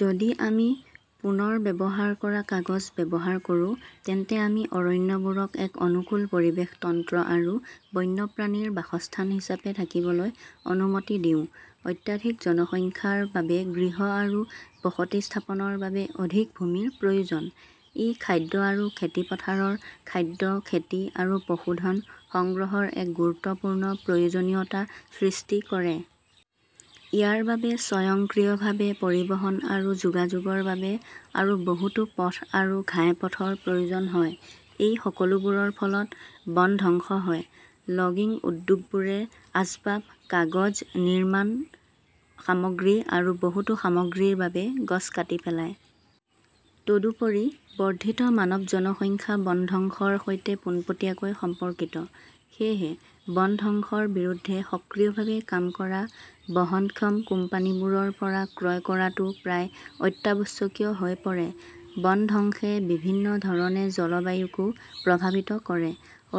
যদি আমি পুনৰ্ব্যৱহাৰ কৰা কাগজ ব্যৱহাৰ কৰোঁ তেন্তে আমি অৰণ্যবোৰক এক অনুকূল পৰিৱেশ তন্ত্ৰ আৰু বন্যপ্ৰাণীৰ বাসস্থান হিচাপে থাকিবলৈ অনুমতি দিওঁ। অত্যাধিক জনসংখ্যাৰ বাবে গৃহ আৰু বসতি স্থাপনৰ বাবে অধিক ভূমিৰ প্ৰয়োজন। ই খাদ্য আৰু খেতিপথাৰৰ খাদ্য খেতি আৰু পশুধন সংগ্ৰহৰ এক গুৰুত্বপূৰ্ণ প্ৰয়োজনীয়তা সৃষ্টি কৰে। ইয়াৰ বাবে স্বয়ংক্ৰিয়ভাৱে পৰিবহন আৰু যোগাযোগৰ বাবে আৰু বহুতো পথ আৰু ঘাইপথৰ প্ৰয়োজন হয় – এই সকলোবোৰৰ ফলত বনধ্বংস হয়। লগিং উদ্যোগবোৰে আচবাব, কাগজ, নিৰ্মাণ সামগ্ৰী, আৰু বহুতো সামগ্ৰীৰ বাবে গছ কাটি পেলায়। তদুপৰি, বৰ্ধিত মানৱ জনসংখ্যা বনধ্বংসৰ সৈতে পোনপটীয়াকৈ সম্পৰ্কিত। সেয়েহে, বনধ্বংসৰ বিৰুদ্ধে সক্ৰিয়ভাৱে কাম কৰা বহনক্ষম কোম্পানীবোৰৰ পৰা ক্ৰয় কৰাটো প্ৰায় অত্যাৱশ্যকীয় হৈ পৰে। বনধ্বংসে বিভিন্ন ধৰণে জলবায়ুকো প্ৰভাৱিত কৰে।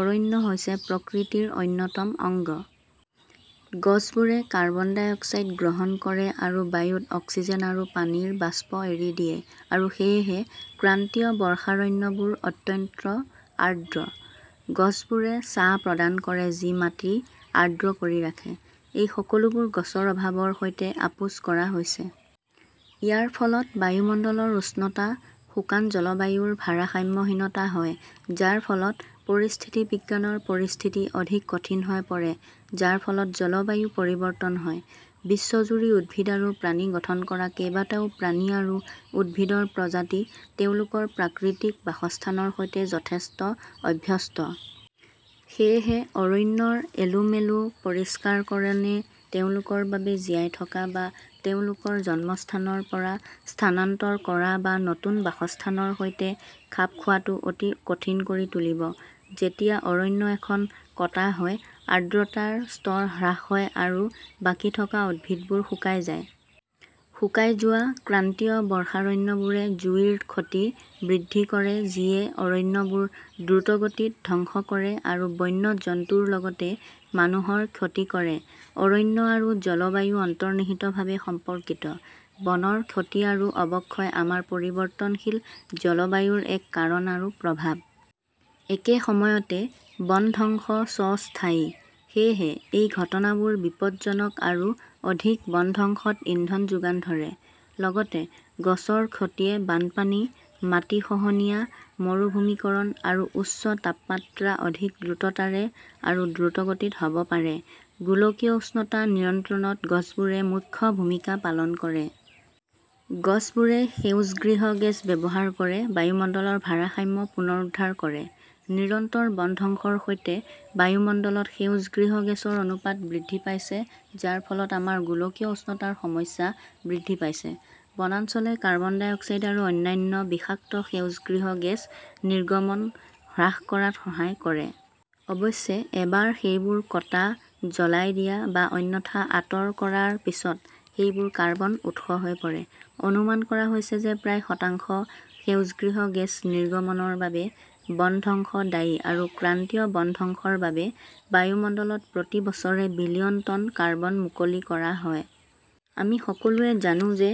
অৰণ্য হৈছে প্ৰকৃতিৰ অন্যতম অংগ।। গছবোৰে কাৰ্বন ডাই অক্সাইড গ্ৰহণ কৰে আৰু বায়ুত অক্সিজেন আৰু পানীৰ বাষ্প এৰি দিয়ে, আৰু সেয়েহে ক্ৰান্তীয় বৰ্ষাৰণ্যবোৰ অত্যন্ত আৰ্দ্ৰ। গছবোৰে ছাঁ প্ৰদান কৰে যি মাটি আৰ্দ্ৰ কৰি ৰাখে। এই সকলোবোৰ গছৰ অভাৱৰ সৈতে আপোচ কৰা হৈছে। ইয়াৰ ফলত বায়ুমণ্ডলৰ উষ্ণতা, শুকান জলবায়ুৰ ভাৰসাম্যহীনতা হয়, যাৰ ফলত পৰিস্থিতিবিজ্ঞানৰ পৰিস্থিতি অধিক কঠিন হৈ পৰে যাৰ ফলত জলবায়ু পৰিৱৰ্তন হয়। বিশ্বজুৰি উদ্ভিদ আৰু প্ৰাণী গঠন কৰা কেইবাটাও প্ৰাণী আৰু উদ্ভিদৰ প্ৰজাতি তেওঁলোকৰ প্ৰাকৃতিক বাসস্থানৰ সৈতে যথেষ্ট অভ্যস্ত। সেয়েহে, অৰণ্যৰ এলোমেলো পৰিষ্কাৰকৰণে তেওঁলোকৰ বাবে জীয়াই থকা বা তেওঁলোকৰ জন্মস্থানৰ পৰা স্থানান্তৰ কৰা বা নতুন বাসস্থানৰ সৈতে খাপ খোৱাটো অতি কঠিন কৰি তুলিব। যেতিয়া অৰণ্য এখন কটা হয়, আৰ্দ্ৰতাৰ স্তৰ হ্ৰাস হয় আৰু বাকী থকা উদ্ভিদবোৰ শুকাই যায়। শুকাই যোৱা ক্ৰান্তীয় বৰ্ষাৰণ্যবোৰে জুইৰ ক্ষতি বৃদ্ধি কৰে যি য়ে অৰণ্যবোৰ দ্ৰুতগতিত ধ্বংস কৰে আৰু বন্য জন্তুৰ লগতে মানুহৰ ক্ষতি কৰে। অৰণ্য আৰু জলবায়ু অন্তৰ্নিহিতভাৱে সম্পৰ্কিত। বনৰ ক্ষতি আৰু অৱক্ষয় আমাৰ পৰিৱৰ্তনশীল জলবায়ুৰ এক কাৰণ আৰু প্ৰভাৱ। একে সময়তে, বনধ্বংস স্ব-স্থায়ী। সেয়েহে, এই ঘটনাবোৰ বিপদজনক আৰু অধিক বনধ্বংসত ইন্ধন যোগান ধৰে। লগতে, গছৰ ক্ষতিয়ে বানপানী, মাটি খহনীয়া, মৰুভূমিকৰণ, আৰু উচ্চ তাপমাত্ৰা অধিক দ্ৰুততাৰে আৰু দ্ৰুতগতিত হ'ব পাৰে। গোলকীয় উষ্ণতা নিয়ন্ত্ৰণত গছবোৰে মুখ্য ভূমিকা পালন কৰে। গছবোৰে সেউজগৃহ গেছ ব্যৱহাৰ কৰে, বায়ুমণ্ডলৰ ভাৰসাম্য পুনৰুদ্ধাৰ কৰে। নিৰন্তৰ বনধ্বংসৰ সৈতে, বায়ুমণ্ডলত সেউজগৃহ গেছৰ অনুপাত বৃদ্ধি পাইছে, যাৰ ফলত আমাৰ গোলকীয় উষ্ণতাৰ সমস্যা বৃদ্ধি পাইছে। বনাঞ্চলে কাৰ্বন ডাই অক্সাইড আৰু অন্যান্য বিষাক্ত সেউজগৃহ গেছ নিৰ্গমন হ্ৰাস কৰাত সহায় কৰে। অৱশ্যে, এবাৰ সেইবোৰ কটা, জ্বলাই দিয়া, বা অন্যথা আঁতৰ কৰাৰ পিছত, সেইবোৰ কাৰ্বন উৎস হৈ পৰে। অনুমান কৰা হৈছে যে প্ৰায় শতাংশ সেউজগৃহ গেছ নিৰ্গমনৰ বাবে বনধ্বংস দায়ী, আৰু ক্ৰান্তীয় বনধ্বংসৰ বাবে, বায়ুমণ্ডলত প্ৰতি বছৰে বিলিয়ন টন কাৰ্বন মুকলি কৰা হয়. আমি সকলোৱে জানো যে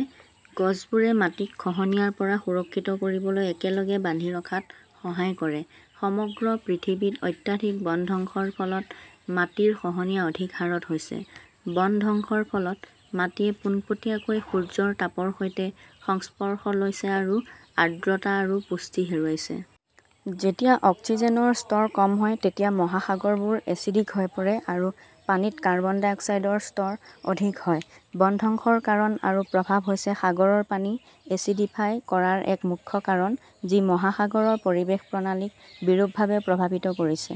গছবোৰে মাটিক খহনীয়াৰ পৰা সুৰক্ষিত কৰিবলৈ একেলগে বান্ধি ৰখাত সহায় কৰে। সমগ্ৰ পৃথিৱীত অত্যাধিক বনধ্বংসৰ ফলত মাটিৰ খহনীয়া অধিক হাৰত হৈছে। বনধ্বংসৰ ফলত, মাটিয়ে পোনপটীয়াকৈ সূৰ্যৰ তাপৰ সৈতে সংস্পৰ্শ লৈছে আৰু আৰ্দ্ৰতা আৰু পুষ্টি হেৰুৱাইছে। যেতিয়া অক্সিজেনৰ স্তৰ কম হয় তেতিয়া মহাসাগৰবোৰ এচিডিক হৈ পৰে, আৰু পানীত কাৰ্বন ডাই অক্সাইডৰ স্তৰ অধিক হয়। বনধ্বংসৰ কাৰণ আৰু প্ৰভাৱ হৈছে সাগৰৰ পানী এচিডিফাই কৰাৰ এক মুখ্য কাৰণ, যি মহাসাগৰৰ পৰিৱেশ-প্ৰণালীক বিৰূপভাৱে প্ৰভাৱিত কৰিছে।